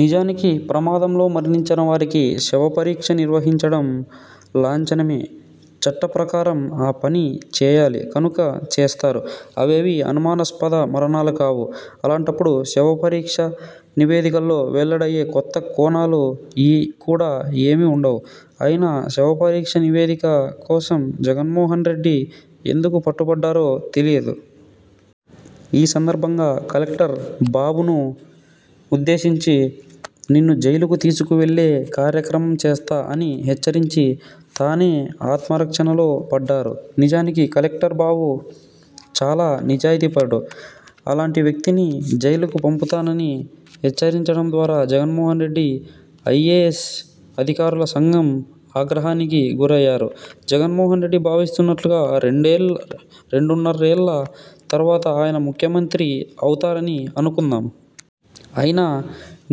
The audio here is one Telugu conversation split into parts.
నిజానికి ప్రమాదంలో మరణించినవారికి శవ పరీక్ష నిర్వహించడం లాంఛనమే! చట్ట ప్రకారం ఆ పని చేయాలి కనుక చేస్తారు. అవేవీ అనుమానాస్పద మరణాలు కావు. అలాంటప్పుడు శవ పరీక్ష నివేదికలో వెల్లడయ్యే కొత్త కోణాలు కూడా ఏమీ ఉండవు. అయినా శవ పరీక్ష నివేదిక కోసం జగన్మోహన్రెడ్డి ఎందుకు పట్టుబట్టారో తెలియదు. ఈ సందర్భంగా కలెక్టర్ బాబును ఉద్దేశించి 'నిన్ను జైలుకు తీసుకువెళ్లే కార్యక్రమం చేస్తా' అని హెచ్చరించి తానే ఆత్మరక్షణలో పడ్డారు. నిజానికి కలెక్టర్ బాబు చాలా నిజాయితీపరుడు. అలాంటి వ్యక్తిని జైలుకు పంపుతానని హెచ్చరించడం ద్వారా జగన్మోహన్రెడ్డి ఐఏఎస్ అధికారుల సంఘం ఆగ్రహానికి గురయ్యారు. జగన్మోహన్రెడ్డి భావిస్తున్నట్టుగా రెండున్నరేళ్ల తర్వాత ఆయన ముఖ్యమంత్రి అవుతారని అనుకుందాం! అయినా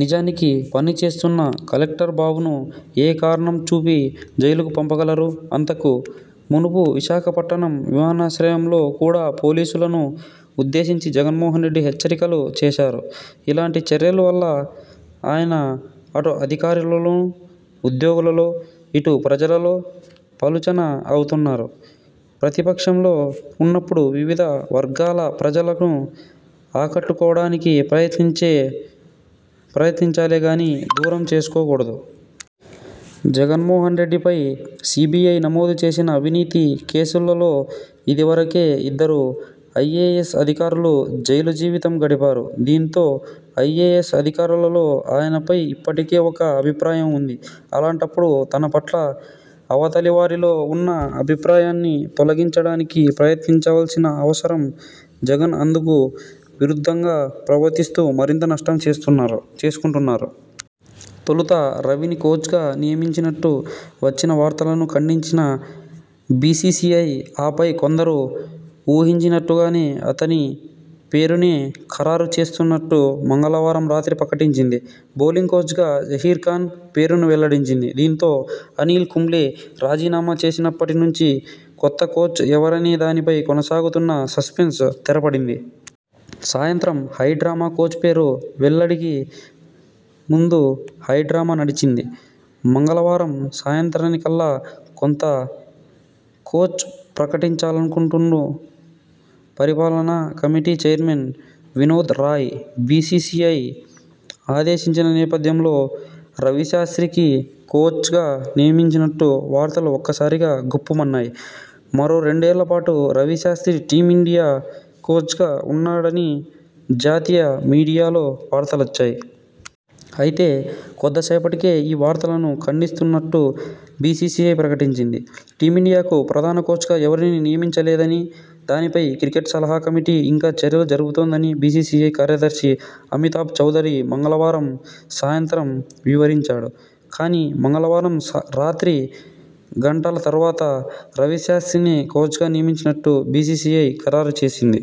నిజానికి పనిచేస్తున్న కలెక్టర్ బాబును ఏ కారణం చూపి జైలుకు పంపగలరు? అంతకు మునుపు విశాఖపట్టణం విమానాశ్రయంలో కూడా పోలీసులను ఉద్దేశించి జగన్మోహన్రెడ్డి హెచ్చరికలు చేశారు. ఇలాంటి చర్యల వల్ల ఆయన అటు అధికారులలో, ఉద్యోగులలో, ఇటు ప్రజలలో పలుచన అవుతున్నారు. ప్రతిపక్షంలో ఉన్నప్పుడు వివిధ వర్గాల ప్రజలను ఆకట్టుకోవడానికి ప్రయత్నించాలే గానీ దూరం చేసుకోకూడదు. జగన్మోహన్రెడ్డిపై సీబీఐ నమోదుచేసిన అవినీతి కేసులలో ఇదివరకే ఇద్దరు ఐఏఎస్ అధికారులు జైలు జీవితం గడిపారు. దీంతో ఐఏఎస్ అధికారులలో ఆయనపై ఇప్పటికే ఒక అభిప్రాయం ఉంది. అలాంటప్పుడు తనపట్ల అవతలి వారిలో ఉన్న అభిప్రాయాన్ని తొలగింపజేయడానికి ప్రయత్నించవలసిన జగన్ అందుకు విరుద్ధంగా ప్రవర్తిస్తూ మరింత నష్టం చేసుకుంటున్నారు. తొలుత రవిని కోచ్గా నియమించినట్టు వచ్చిన వార్తలను ఖండించిన బీసీసీఐ ఆపై కొందరూ ఊహించినట్టుగానే అతడి పేరునే ఖరారు చేస్తున్నట్టు మంగళవారం రాత్రి ప్రకటించింది. బౌలింగ్ కోచ్గా జహీర్ ఖాన్ పేరును వెల్లడించింది. దీంతో అనిల్ కుంబ్లే రాజీనామా చేసినప్పటి నుంచి కొత్త కోచ్ ఎవరనే దానిపై కొనసాగుతున్న సస్పెన్స్కు తెరపడింది. సాయంత్రం హై డ్రామా కోచ్ పేరు వెల్లడికి ముందు హైడ్రామా నడిచింది. మంగళ వారం సాయంత్రానికల్లా కొత్త కోచ్ను ప్రకటించాలంటూ పరిపాలనా కమిటీ చైర్మన్ వినోద్ రాయ్ బీసీసీఐని ఆదేశించిన నేపథ్యంలో రవిశాస్ర్తిని కోచ్గా నియమించినట్టు వార్తలు ఒక్క సారిగా గుప్పుమన్నాయి. మరో రెండేళ్లపాటు రవిశాస్ర్తి టీమిం డియా కోచ్గా ఉంటాడని జాతీయ మీడియాలో వార్తలొచ్చాయి. అయితే కొద్దిసేపటికే ఈ వార్తలను ఖండిస్తున్నట్టు బీసీసీఐ ప్రకటించింది. టీమిండియాకు ప్రధాన కోచ్గా ఎవరినీ నియమిం చలేదని, దానిపై క్రికెట్ సలహా కమిటీ ఇంకా చర్చలు జరుపుతోందని బీసీసీఐ కార్యదర్శి అమితాబ్ చౌదరి మంగళ వారం సాయంత్రం వివరించాడు. కానీ మంగళవారం రాత్రి గంటల తర్వాత రవిశాస్ర్తినే కోచ్గా నియమించినట్టు బీసీసీఐ ఖరారు చేసింది.